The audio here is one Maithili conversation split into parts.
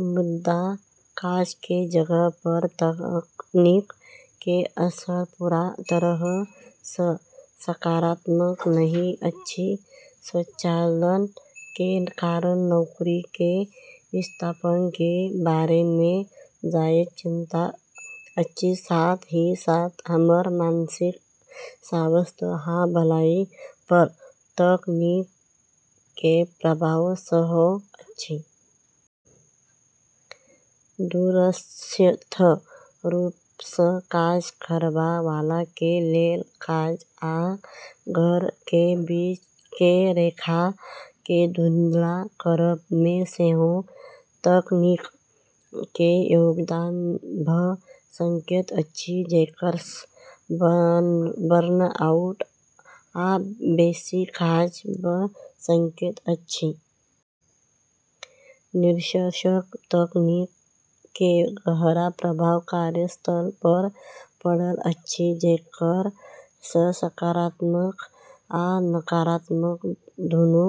मुदा, काज के जगह पर तकनीक के असर पूरा तरह सँ सकारात्मक नहि अछि। स्वचालन के कारण नौकरी के विस्थापन के बारे मे जायज चिंता अछि, साथ ही साथ हमर मानसिक स्वास्थ्य आ भलाई पर तकनीक के प्रभाव सेहो अछि। दूरस्थ रूप सँ काज करबा वाला के लेल काज आ घर के बीच के रेखा के धुंधला करब मे सेहो तकनीक के योगदान भ सकैत अछि, जेकर सँ बर्नआउट आ बेसी काज भ सकैत अछि। निष्कर्षतः, तकनीक के गहरा प्रभाव कार्यस्थल पर पड़ल अछि, जेकर सँ सकारात्मक आ नकारात्मक दूनू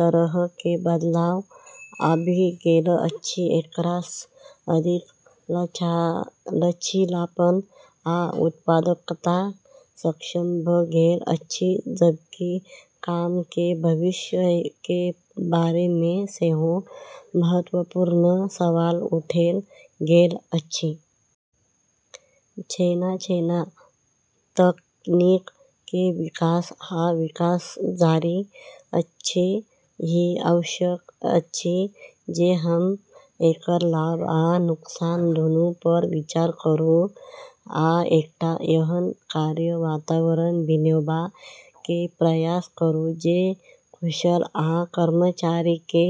तरह के बदलाव आबि गेल अछि। एकरा सँ अधिक लचीलापन आ उत्पादकता सक्षम भ गेल अछि, जबकि काम के भविष्य के बारे मे सेहो महत्वपूर्ण सवाल उठैल गेल अछि। जेना-जेना तकनीक के विकास आ विकास जारी अछि, ई आवश्यक अछि जे हम एकर लाभ आ नुकसान दूनू पर विचार करू आ एकटा एहन कार्य वातावरण बनेबा के प्रयास करू जे कुशल आ कर्मचारी के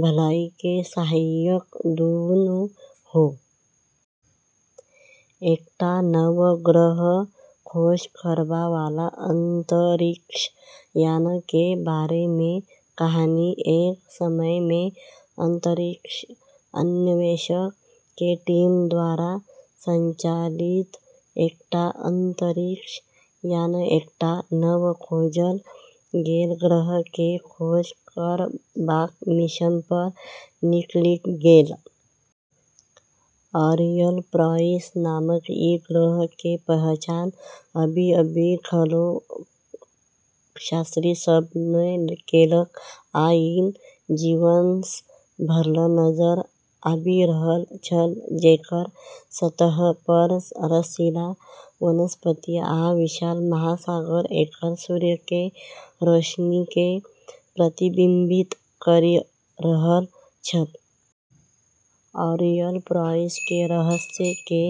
भलाई के सहायक दूनू हो। एकटा नव ग्रह के खोज करबा वाला अंतरिक्ष यान के बारे मे कहानी। एक समय मे अंतरिक्ष अन्वेषक के टीम द्वारा संचालित एकटा अंतरिक्ष यान एकटा नव खोजल गेल ग्रह के खोज करबाक मिशन पर निकलि गेल। ऑरियल प्राइम नामक ई ग्रह के पहचान अभी-अभी खगोलशास्त्री सभ नँ केलक आ ई जीवन सँ भरल नजर आबि रहल छल, जेकर सतह पर रसीला वनस्पति आ विशाल महासागर एकर सूर्य के रोशनी के प्रतिबिंबित करि रहल छल। ऑरियल प्राइम के रहस्य के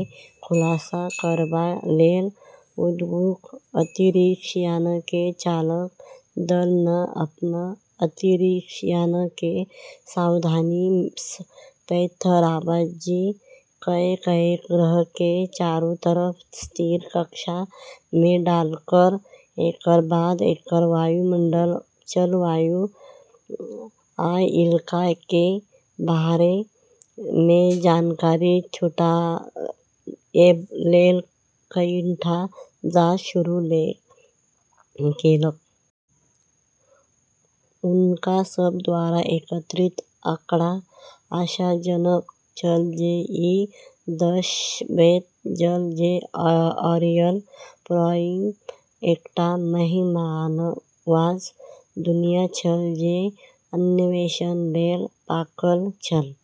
खुलासा करबा लेल उत्सुक अंतरिक्ष यान के चालक दल नँ अपन अंतरिक्ष यान के सावधानी सँ पैंतराबाजी कए कए ग्रह के चारू तरफ स्थिर कक्षा मे डाललक। एकर बाद एकर वायुमंडल, जलवायु आ इलाका के बारे मे जानकारी जुटाएब लेल कईटा जांच शुरू केलक। हुनका सब द्वारा एकत्रित आंकड़ा आशाजनक छल, जे ई दर्शबैत छल जे ऑरियल प्राइम एकटा मेहमाननवाज दुनिया छल, जे अन्वेषण लेल पाकल छल।